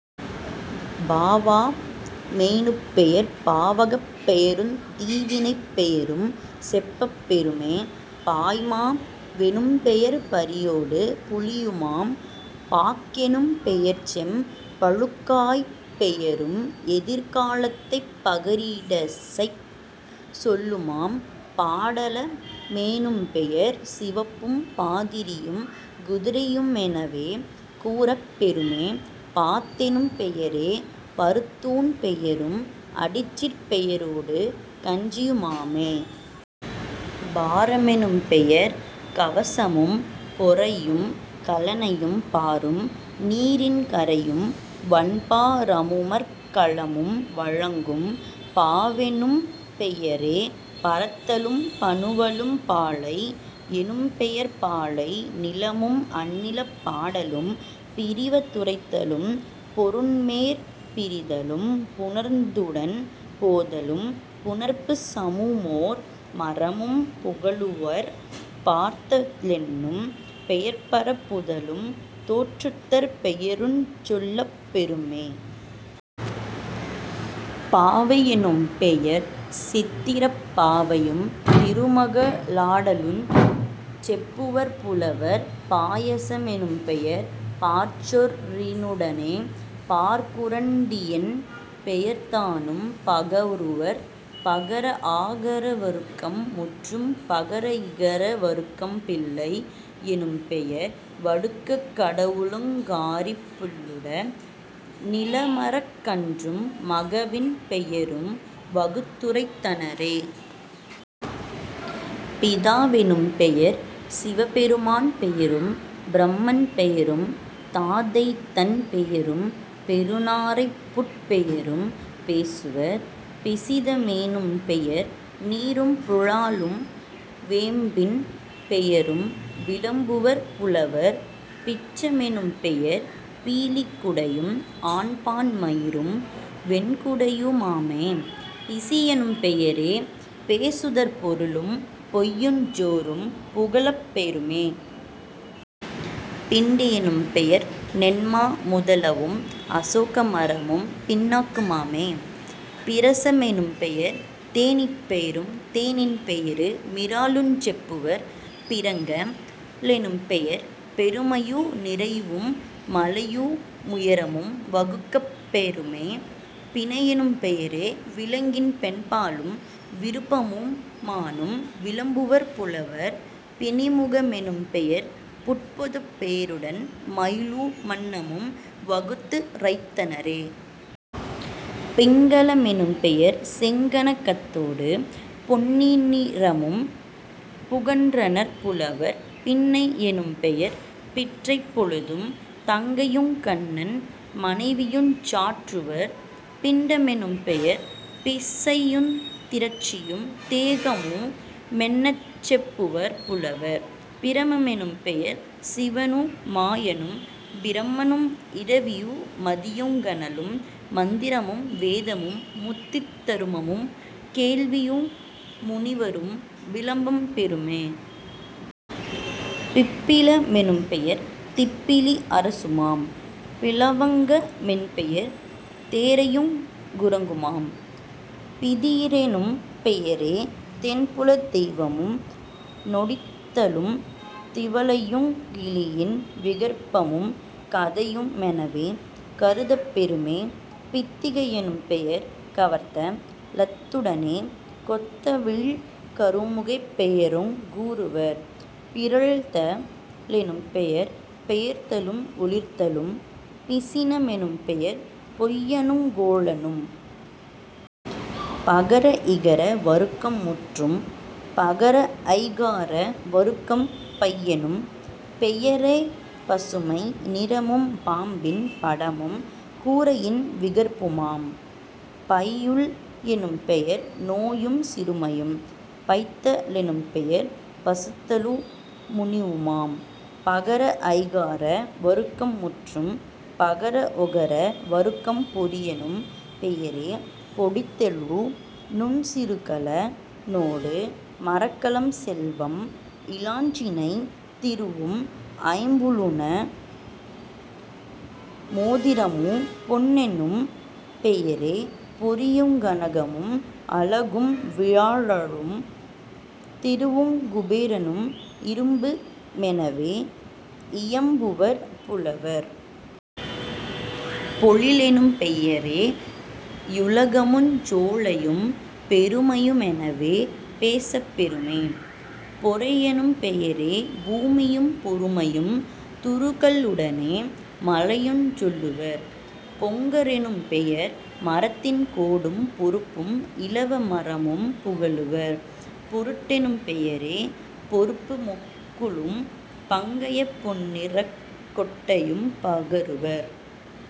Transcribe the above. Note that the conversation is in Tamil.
பாவ மெனும்பெயர் பாவகப் பெயருந் தீவினைப் பெயரும் செப்பப் பெறுமே..... பாய்மா வெனும்பெயர் பரியொடு புலியுமாம்..... பாக்கெனும் பெயர்செம் பழுக்காய்ப் பெயரும் எதிர்கா லத்தைப் பகரிடைச் சொல்லுமாம்..... பாடல மெனும்பெயர் சிவப்பும் பாதிரியும் குதிரையு மெனவே கூறப் பெறுமே..... பாத்தெனும் பெயரே பருத்தூண் பெயரும் அடிசிற் பெயரொடு கஞ்சியு மாமே..... பார மெனும்பெயர் கவசமும் பொறையும் கலனையும் பாரும் நீரின் கரையும் வன்பா ரமுமரக் கலமும் வழங்கும்..... பாவெனும் பெயரே பரத்தலும் பனுவலும்..... பாலை யெனும்பெயர் பாலை நிலமும் அந்நிலப் பாடலும் பிரிவ துரைத்தலும் பொருண்மேற் பிரிதலும் புணர்ந்துடன் போதலும் புனர்பூ சமுமோர் மரமும் புகலுவர்..... பார்த்த லென்னும் பெயர்பரப் புதலும் தோற்றுதற் பெயருஞ் சொல்லப் பெறுமே..... பாவை யெனும்பெயர் சித்திரப் பாவையும் திருமக ளாடலுஞ் செப்புவர் புலவர்..... பாயச மெனும்பெயர் பாற்சோற் றினுடனே பாற்குறண் டியென் பெயர்தானும் பகருவர்..... பகர ஆகார வருக்கம் முற்றும். பகர இகர வருக்கம் பிள்ளை யெனும்பெயர் வடுகக் கடவுளுங் காரிப் புள்ளுட னிளமரக் கன்றும் மகவின் பெயரும் வகுத்துரைத் தனரே..... பிதா வெனும்பெயர் சிவபெருமான் பெயரும் பிரமன் பெயரும் தாதைதன் பெயரும் பெருநா ரைப்புட் பெயரும் பேசுவர்..... பிசித மெனும்பெயர் நீறும் புலாலும் வேம்பின் பெயரும் விளம்புவர் புலவர்..... பிச்ச மெனும்பெயர் பீலிக் குடையும் ஆண்பான் மயிரும் வெண்குடையு மாமே..... பிசியெனும் பெயரே பேசுதற் பொருளும் பொய்யுஞ் சோறும் புகலப் பெறுமே..... பிண்டி யெனும்பெயர் நென்மா முதலவும் அசோக மரமும் பிண்ணாக்கு மாமே..... பிரச மெனும்பெயர் தேனீப் பெயரும் தேனின் பெயரு மிறாலுஞ் செப்புவர்..... பிறங்க லெனும்பெயர் பெருமையு நிறைவும் மலையு முயரமும் வகுக்கப் பெறுமே..... பிணையெனும் பெயரே விலங்கின் பெண்பாலும் விருப்பமு மானும் விளம்புவர் புலவர்..... பிணிமுக மெனும்பெயர் புட்பொதுப் பெயருடன் மயிலு மன்னமும் வகுத்து ரைத்தனரே..... பிங்கல மெனும்பெயர் செங்கன கத்தொடு பொன்னி னிறமும் புகன்றனர் புலவர்..... பின்னை யெனும்பெயர் பிற்றைப் பொழுதும் தங்கையுங் கண்ணன் மனைவியுஞ் சாற்றுவர்..... பிண்ட மெனும்பெயர் பிச்சையுந் திரட்சியும் தேகமு மென்னச் செப்புவர் புலவர்..... பிரம மெனும்பெயர் சிவனு மாயனும் பிரமனும் இரவியு மதியுங் கனலும் மந்திரமும் வேதமும் முத்தித் தருமமும் வேள்வியு முனிவரும் விளம்பப் பெறுமே..... பிப்பில மெனும்பெயர் திப்பிலி அரசுமாம்..... பிலவங்க மென்பெயர் தேரையுங் குரங்குமாம்..... பிதிரெனும் பெயரே தென்புலத் தெய்வமும்। நொடித்தலும் திவலையுங் கிளியின் விகற்பமும் கதையு மெனவே கருதப் பெறுமே..... பித்திகை யெனும்பெயர் கவர்த்த லத்துடனே கொத்தவிழ் கருமுகைப் பெயருங் கூறுவர்..... பிறழ்த லெனும்பெயர் பெயர்தலும் ஒளிர்தலும்..... பிசின மெனும்பெயர் பொய்யனுங் கோளனும்..... பகர இகர வருக்கம் முற்றும். பகர ஐகார வருக்கம் பையெனும் பெயரே பசுமை நிறமும் பாம்பின் படமும் கூறையின் விகற்புமாம்..... பையுள் எனும்பெயர் நோயும் சிறுமையும்..... பைத்த லெனும்பெயர் பசுத்தலு முனிவுமாம்..... பகர ஐகார வருக்கம் முற்றும். பகர ஒகர வருக்கம் பொறியெனும் பெயரே பொடித்தெழு நுண் சிறுகல னோடு மரக்கலம் செல்வம் இலாஞ்சினை திருவும் ஐம்புலனு மோதிரமு பொன்னெனும் பெயரே பொறியுங் கனகமும் அழகும் வியாழமும் திருவுங் குபேரனும் இரும்பு மெனவே யியம்புவர் புலவர்..... பொழிலெனும் பெயரே யுலகமுஞ் சோலையும் பெருமையு மெனவே பேசப் பெறுமே..... பொறையெனும் பெயரே பூமியும் பொறுமையும் துறுகல் லுடனே மலையுஞ் சொல்லுவர்..... பொங்க ரெனும்பெயர் மரத்தின் கோடும் பொருப்பும் இலவ மரமும் புகலுவர்..... பொருட்டெனும் பெயரே பொருப்பு மொக்குளும் பங்கயப் பொன்னிறக் கொட்டையும் பகருவர்.